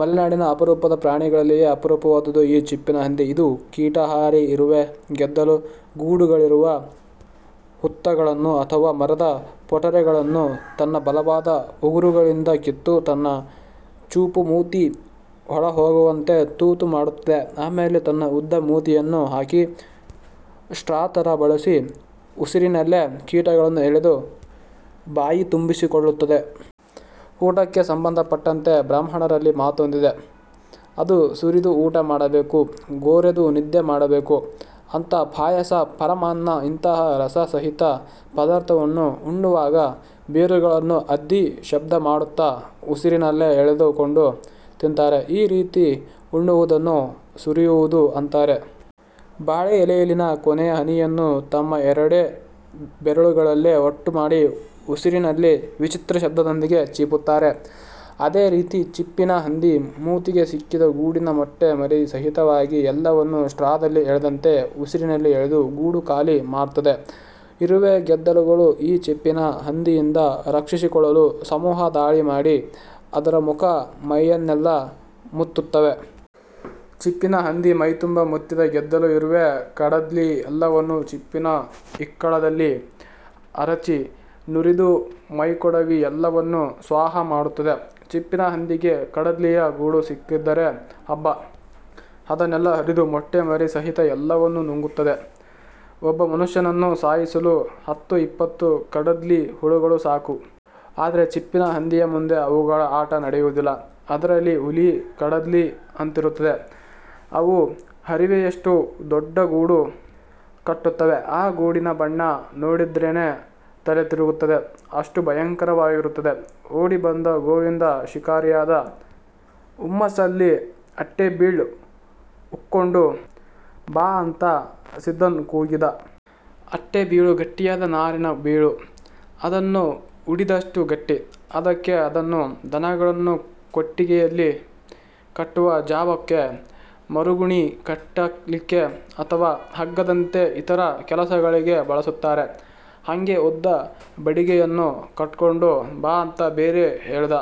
ಮಲೆನಾಡಿನ ಅಪರೂಪದ ಪ್ರಾಣಿಗಳಲ್ಲಿಯೇ ಅಪರೂಪವಾದದ್ದು ಈ ಚಿಪ್ಪಿನ ಹಂದಿ. ಇದು ಕೀಟಾಹಾರಿ. ಇರುವೆ, ಗೆದ್ದಲು ಗೂಡುಗಳಿರುವ ಹುತ್ತಗಳನ್ನು ಅಥವಾ ಮರದ ಪೊಟರೆಗಳನ್ನು ತನ್ನ ಬಲವಾದ ಉಗುರುಗಳಿಂದ ಕಿತ್ತು, ತನ್ನ ಚೂಪು ಮೂತಿ ಒಳಹೋಗುವಂತೆ ತೂತು ಮಾಡುತ್ತದೆ. ಆಮೇಲೆ ತನ್ನ ಉದ್ದ ಮೂತಿಯನ್ನು ಹಾಕಿ, ಸ್ಟ್ರಾ ತರ ಬಳಸಿ ಉಸಿರಿನಲ್ಲೇ ಕೀಟಗಳನ್ನು ಎಳೆದು ಬಾಯಿತುಂಬಿಸಿಕೊಳ್ಳುತ್ತದೆ. ಊಟಕ್ಕೆ ಸಂಬಂಧ ಪಟ್ಟಂತೆ ಬ್ರಾಹ್ಮಣರಲ್ಲಿ ಮಾತೊಂದಿದೆ. ಅದು 'ಸುರಿದು ಊಟ ಮಾಡಬೇಕು, ಗೊರೆದು ನಿದ್ದೆ ಮಾಡಬೇಕು' ಅಂಥ. ಪಾಯಸ ಪರಮಾನ್ನ ಇಂತಹ ರಸ ಸಹಿತ ಪದಾರ್ಥವನ್ನು ಉಣ್ಣುವಾಗ ಬೆರಳುಗಳನ್ನು ಅದ್ದಿ ಶಬ್ದ ಮಾಡುತ್ತಾ ಉಸಿರಿನಲ್ಲೇ ಎಳೆದು ಕೊಂಡು ತಿಂತಾರೆ. ಈ ರೀತಿ ಉಣ್ಣುವುದನ್ನು ಸುರಿಯುವುದು ಅಂತಾರೆ. ಬಾಳೆ ಎಲೆಯಲ್ಲಿನ ಕೊನೆಯ ಹನಿಯನ್ನೂ ತಮ್ಮ ಎರಡೇ ಬೆರಳುಗಳಲ್ಲೆ ಒಟ್ಟು ಮಾಡಿ ಉಸಿರಿನಲ್ಲಿ ವಿಚಿತ್ರ ಶಬ್ದದೊಂದಿಗೆ ಚೀಪುತ್ತಾರೆ. ಅದೇ ರೀತಿ ಚಿಪ್ಪಿನ ಹಂದಿ ಮೂತಿಗೆ ಸಿಕ್ಕಿದ ಗೂಡಿನ ಮೊಟ್ಟೆ ಮರಿ ಸಹಿತವಾಗಿ ಎಲ್ಲವನ್ನೂ ಸ್ಟ್ರಾದಲ್ಲಿ ಎಳೆದಂತೆ, ಉಸಿರಿನಲ್ಲಿ ಎಳೆದು ಗೂಡು ಖಾಲಿ ಮಾಡ್ತದೆ. ಇರುವೆ ಗೆದ್ದಲುಗಳು ಈ ಚಿಪ್ಪಿನ ಹಂದಿಯಿಂದ ರಕ್ಷಿಸಿಕೊಳ್ಳಲು ಸಮೂಹ ದಾಳಿ ಮಾಡಿ, ಅದರ ಮುಖ ಮೈಯನ್ನೆಲ್ಲಾ ಮುತ್ತುತ್ತವೆ. ಚಿಪ್ಪಿನ ಹಂದಿ ಮೈತುಂಬಾ ಮುತ್ತಿದ ಗೆದ್ದಲು, ಇರುವೆ, ಕಡದ್ಲಿ ಎಲ್ಲವನ್ನು ಚಿಪ್ಪಿನ ಇಕ್ಕಳದಲ್ಲಿ ಅರಚಿ, ನುರಿದು ಮೈಕೊಡವಿ ಎಲ್ಲವನ್ನು 'ಸ್ವಾಹಾ' ಮಾಡುತ್ತದೆ. ಚಿಪ್ಪಿನ ಹಂದಿಗೆ ಕಡದ್ಲಿಯ ಗೂಡು ಸಿಕ್ಕಿದರೆ ಹಬ್ಬ. ಅದನ್ನೆಲ್ಲಾ ಹರಿದು ಮೊಟ್ಟೆ ಮರಿ ಸಹಿತ ಎಲ್ಲವನ್ನು ನುಂಗುತ್ತದೆ. ಒಬ್ಬ ಮನುಷ್ಯನನ್ನು ಸಾಯಿಸಲು ಹತ್ತು-ಇಪ್ಪತ್ತು ಕಡದ್ಲಿ ಹುಳಗಳು ಸಾಕು. ಆದ್ರೆ ಚಿಪ್ಪಿನ ಹಂದಿಯ ಮುಂದೆ ಅವುಗಳ ಆಟ ನಡೆಯುವುದಿಲ್ಲ. ಅದರಲ್ಲಿ ಹುಲಿ ಕಡದ್ಲಿ ಅಂತಿರುತ್ತವೆ. ಅವು ಹರಿವೆಯಷ್ಟು ದೊಡ್ಡ ಗೂಡು ಕಟ್ಟುತ್ತವೆ. ಆ ಗೂಡಿನ ಬಣ್ಣ ನೋಡಿದ್ರೆನೇ ತಲೆತಿರುಗುತ್ತದೆ. ಅಷ್ಟು ಭಯಂಕರವಾಗಿರುತ್ತದೆ. ಓಡಿ ಬಂದ ಗೋವಿಂದ ಶಿಕಾರಿಯಾದ ಹುಮ್ಮಸ್ಸಲ್ಲಿ ಅಟ್ಟೆ ಬೀಳ್ ಉಕ್ಕೋಂಡು ಬಾ ಅಂತ ಸಿದ್ದನ್ ಕೂಗಿದ. ಅಟ್ಟೆ ಬೀಳು ಗಟ್ಟಿಯಾದ ನಾರಿನ ಬೀಳು. ಅದನ್ನು ಉಡಿದಷ್ಟು ಗಟ್ಟಿ. ಅದಕ್ಕೆ ಅದನ್ನ ದನಗಳನ್ನು ಕೊಟ್ಟಿಗೆಯಲ್ಲಿ ಕಟ್ಟುವ ಜಾಬಕ್ಕೆ, ಮರುಗುಣಿ ಕಟ್ಟಲಿಕ್ಕೆ ಅಥವಾ ಹಗ್ಗದಂತೆ ಇತರ ಕೆಲಸಗಳಿಗೆ ಬಳಸುತ್ತಾರೆ. ಹಂಗೆ ಉದ್ದ ಬಡಿಗೆಯನ್ನೂ ಕಡ್ಕೊಂಡು ಬಾ ಅಂತ ಬೇರೆ ಹೇಳ್ದ.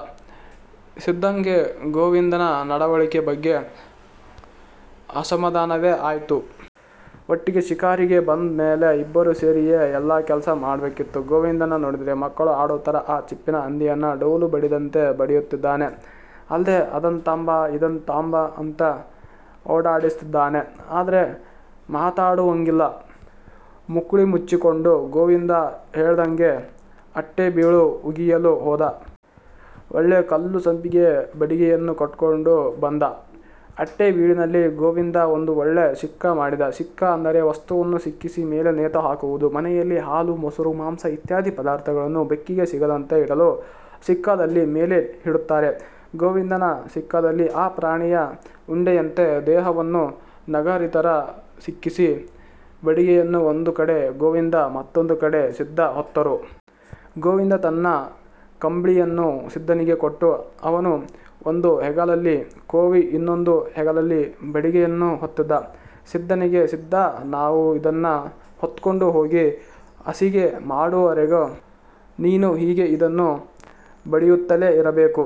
ಸಿದ್ದಂಗೆ ಗೋವಿಂದನ ನಡವಳಿಕೆ ಬಗ್ಗೆ ಅಸಮಧಾನವೇ ಆಯ್ತು. ಒಟ್ಟಿಗೆ ಶಿಕಾರಿಗೆ ಬಂದ್ ಮೇಲೆ ಇಬ್ಬರು ಸೇರಿಯೇ ಎಲ್ಲಾ ಕೆಲ್ಸ ಮಾಡಬೇಕಿತ್ತು. ಗೋವಿಂದನ್ನ ನೋಡಿದ್ರೆ ಮಕ್ಕಳು ಆಡೋತರ ಆ ಚಿಪ್ಪಿನ ಹಂದಿಯನ್ನ ಡೋಲು ಬಡಿದಂಗೆ ಬಡಿಯುತ್ತಿದ್ದಾನೆ. ಅಲ್ದೆ ಅದನ್ ತಾಂಬ, ಇದನ್ ತಾಂಬ ಅಂತ ಓಡಾಡಿಸುತ್ತಿದ್ದಾನೆ. ಆದ್ರೆ ಮಾತಾಡುವಂಗಿಲ್ಲ. ಮುಕ್ಳಿಮುಚ್ಚಿಕೊಂಡು ಗೋವಿಂದ ಹೇಳ್ದಂಗೆ, ಅಟ್ಟೆಬೀಳು ಉಗಿಯಲು ಹೋದ. ಒಳ್ಳೆ ಕಲ್ಲುಸಂಪಿಗೆ ಬಡಿಗೆಯನ್ನು ಕಡ್ಕೊಂಡು ಬಂದ. ಅಟ್ಟೆ ಬೀಳಿನಲ್ಲಿ ಗೋವಿಂದ ಒಂದು ಒಳ್ಳೆ ಸಿಕ್ಕ ಮಾಡಿದ ಸಿಕ್ಕ ಅಂದರೆ, ವಸ್ತುವನ್ನು ಸಿಕ್ಕಿಸಿ ಮೇಲೆ ನೇತುಹಾಕುವುದು. ಮನೆಯಲ್ಲಿ ಹಾಲು ಮೊಸರು ಮಾಂಸ ಇತ್ಯಾದಿ ಪದಾರ್ಥಗಳನ್ನು ಬೆಕ್ಕಿಗೆ ಸಿಕ್ಕದಂತೆ ಇಡಲು ಸಿಕ್ಕದಲ್ಲಿ ಮೇಲೆ ಇಡುತ್ತಾರೆ. ಗೋವಿಂದನ ಸಿಕ್ಕದಲ್ಲಿ ಆ ಪ್ರಾಣಿಯ ಉಂಡೆಯಂತ ದೇಹವನ್ನು ನಗಾರಿತರ ಸಿಕ್ಕಿಸಿ, ಬಡಿಗೆಯನ್ನು ಒಂದು ಕಡೆ ಗೋವಿಂದ ಮತ್ತೊಂದು ಕಡೆ ಸಿದ್ದ ಹೊತ್ತರು. ಗೋವಿಂದ ತನ್ನ ಕಂಬ್ಳಿಯನ್ನು ಸಿದ್ದನಿಗೆ ಕೊಟ್ಟು, ಅವನು ಒಂದು ಹೆಗಲಲ್ಲಿ ಕೋವಿ, ಇನ್ನೊಂದು ಹೆಗಲಲ್ಲಿ ಬಡಿಗೆಯನ್ನು ಹೊತ್ತಿದ್ದ. ಸಿದ್ದನಿಗೆ, 'ಸಿದ್ದಾ ನಾವು ಇದನ್ನ ಹೊತ್ಕೊಂಡು ಹೋಗಿ ಹಸಿಗೆ ಮಾಡುವರೆಗೂ ನೀನು ಹೀಗೇ ಇದನ್ನು ಬಡಿಯುತ್ತಲೇ ಇರಬೇಕು.